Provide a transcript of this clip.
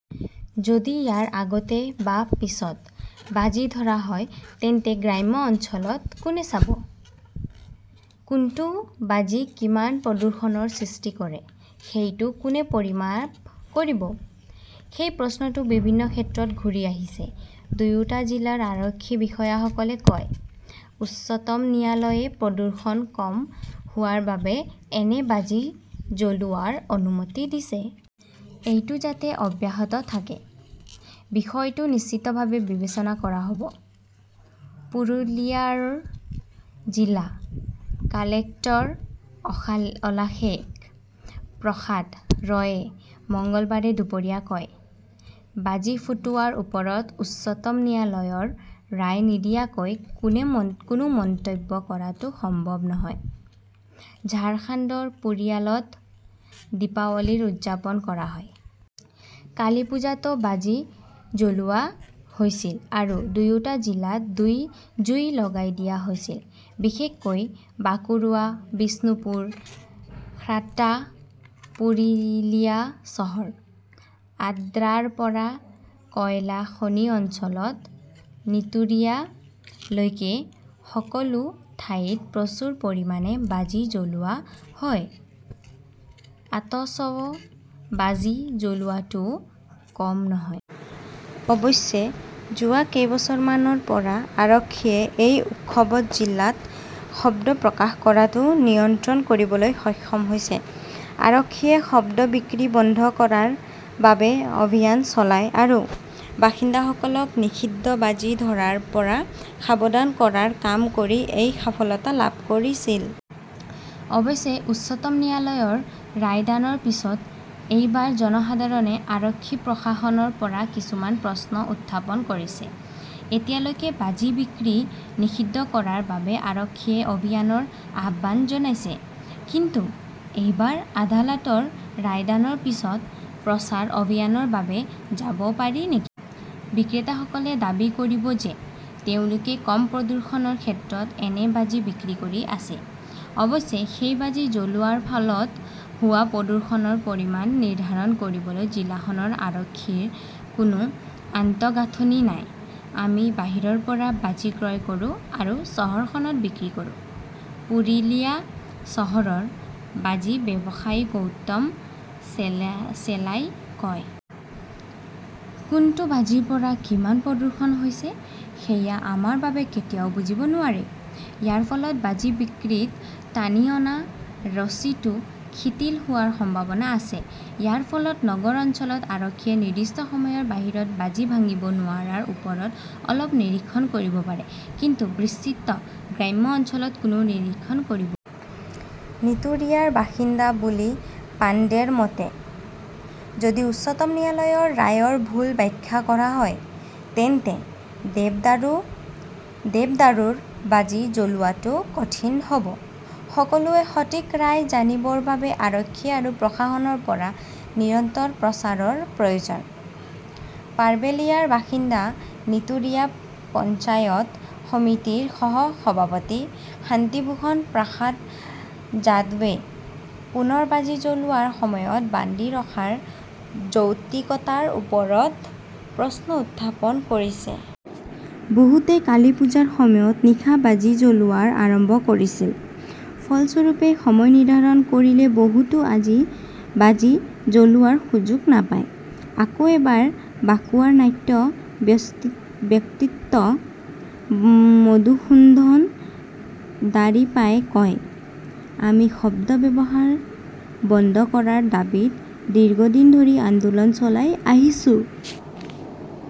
যদি ইয়াৰ আগতে বা পিছত বাজি ধৰা হয়, তেন্তে গ্ৰাম্য অঞ্চলত কোনে চাব? কোনটো বাজি কিমান প্ৰদূষণৰ সৃষ্টি কৰে, সেইটো কোনে পৰিমাপ কৰিব? সেই প্ৰশ্নটো বিভিন্ন ক্ষেত্ৰত ঘূৰি আহিছে। দুয়োটা জিলাৰ আৰক্ষী বিষয়াসকলে কয়, "উচ্চতম ন্যায়ালয়ে প্ৰদূষণ কম হোৱাৰ বাবে এনে বাজি জ্বলোৱাৰ অনুমতি দিছে। এইটো যাতে অব্যাহত থাকে, বিষয়টো নিশ্চিতভাৱে বিবেচনা কৰা হব"। পুৰুলিয়াৰ জিলা কালেক্টৰ অলাকেশ প্ৰসাদ ৰয়ে মঙলবাৰে দুপৰীয়া কয়, "বাজি ফুুুটুৱাৰ ওপৰত উচ্চতম ন্যায়ালয়ৰ ৰায় নিদিয়াকৈ কোনো মন্তব্য কৰাটো সম্ভৱ নহয়"। ঝাৰখণ্ডৰ পুৰুলিয়াত দীপাৱলী উদযাপন কৰা হয়। কালীপুজাতো বাজি জ্বলোৱা হৈছিল আৰু দুয়োটা জিলাত জুই লগাই দিয়া হৈছিল। বিশেষকৈ বাঁকুৰা, বিষ্ণুপুৰ, খাট্ৰা, পুৰুলিয়া চহৰ, আদ্ৰাৰ পৰা কয়লা খনি অঞ্চল নীতুৰিয়া লৈকে সকলো ঠাইতে প্ৰচুৰ পৰিমাণে বাজি জ্বলোৱা হয়। আতচবাজী জ্বলোৱাটোও কম নহয়। অৱশ্যে, যোৱা কেইবছৰমানৰ পৰা আৰক্ষীয়ে এই উৎসৱত জিলাত শব্দ প্ৰকাশ কৰাটো নিয়ন্ত্ৰণ কৰিবলৈ সক্ষম হৈছে। আৰক্ষীয়ে শব্দ বিক্ৰী বন্ধ কৰাৰ বাবে অভিযান চলায় আৰু বাসিন্দাসকলক নিষিদ্ধ বাজি ধৰাৰ পৰা সাৱধান কৰাৰ কাম কৰি এই সফলতা লাভ কৰিছিল। অৱশ্যে, উচ্চতম ন্যায়ালয়ৰ ৰায়দানৰ পিছত এইবাৰ জনসাধাৰণে আৰক্ষী-প্ৰশাসনৰ পৰা কিছুমান প্ৰশ্ন উত্থাপন কৰিছে। এতিয়ালৈকে বাজি বিক্ৰী নিষিদ্ধ কৰাৰ বাবে আৰক্ষীয়ে অভিযানৰ আহ্বান জনাইছে। কিন্তু এইবাৰ আদালতৰ ৰায়দানৰ পিছত প্ৰচাৰ অভিযানৰ বাবে যাব পাৰি নেকি? বিক্ৰেতাসকলে দাবী কৰিব যে, তেওঁলোকে কম প্ৰদূষণৰ ক্ষেত্ৰত এনে বাজি বিক্ৰী কৰি আছে। অৱশ্যে, সেই বাজি জ্বলোৱাৰ ফলত হোৱা প্ৰদূষণৰ পৰিমাণ নিৰ্ধাৰণ কৰিবলৈ জিলাখনৰ আৰক্ষীৰ কোনো আন্তঃগাঁথনি নাই। "আমি বাহিৰৰ পৰা বাজি ক্ৰয় কৰোঁ আৰু চহৰখনত বিক্ৰী কৰোঁ", পুৰুলিয়া চহৰৰ বাজি ব্যৱসায়ী গৌতম চেলই কয়। কোনটো বাজিৰ পৰা কিমান প্ৰদূষণ হৈছে, সেয়া আমাৰ বাবে কেতিয়াও বুজিব নোৱাৰি। ইয়াৰ ফলত বাজি বিক্ৰীত টানি অনা ৰছিটো শিথিল হোৱাৰ সম্ভাৱনা আছে। ইয়াৰ ফলত নগৰ অঞ্চলত আৰক্ষীয়ে নিৰ্দিষ্ট সময়ৰ বাহিৰত বাজি ভাঙিব নোৱাৰাৰ ওপৰত অলপ নিৰীক্ষণ কৰিব পাৰে, কিন্তু বিস্তৃত গ্ৰাম্য অঞ্চলত কোনে নিৰীক্ষণ কৰিব? নীতুৰিয়াৰ বাসিন্দা বুলা পাণ্ডেৰ মতে, "যদি উচ্চতম ন্যায়ালয়ৰ ৰায়ৰ ভুল ব্যাখ্যা কৰা হয়, তেন্তে দেৱদাৰুৰ বাজি জ্বলোৱাটো কঠিন হব। সকলোৱে সঠিক ৰায় জানিবৰ বাবে আৰক্ষী আৰু প্ৰশাসনৰ পৰা নিৰন্তৰ প্ৰচাৰৰ প্ৰয়োজন"। পাৰ্বেলিয়াৰ বাসিন্দা নীতুৰিয়া পঞ্চায়ত সমিতিৰ সহ-সভাপতি শান্তিভূষণ প্ৰসাদ যাদৱে পুনৰ বাজি জ্বলোৱাৰ সময়ত বান্ধি ৰখাৰ যৌক্তিকতাৰ ওপৰত প্ৰশ্ন উত্থাপন কৰিছে। "বহুতে কালীপূজাৰ সময়ত নিশা বাজি জ্বলোৱা আৰম্ভ কৰিছিল। ফলস্বৰূপে, সময় নিৰ্ধাৰণ কৰিলে বহুতে বাজি জ্বলোৱাৰ সুযোগ নাপায়"। আকৌ এবাৰ বাঁকুৰাৰ নাট্য ব্যক্তিত্ব মধুসূদন দাৰিপাই কয়, "আমি শব্দ ব্যৱহাৰ বন্ধ কৰাৰ দাবীত দীৰ্ঘদিন ধৰি আন্দোলন চলাই আহিছো"।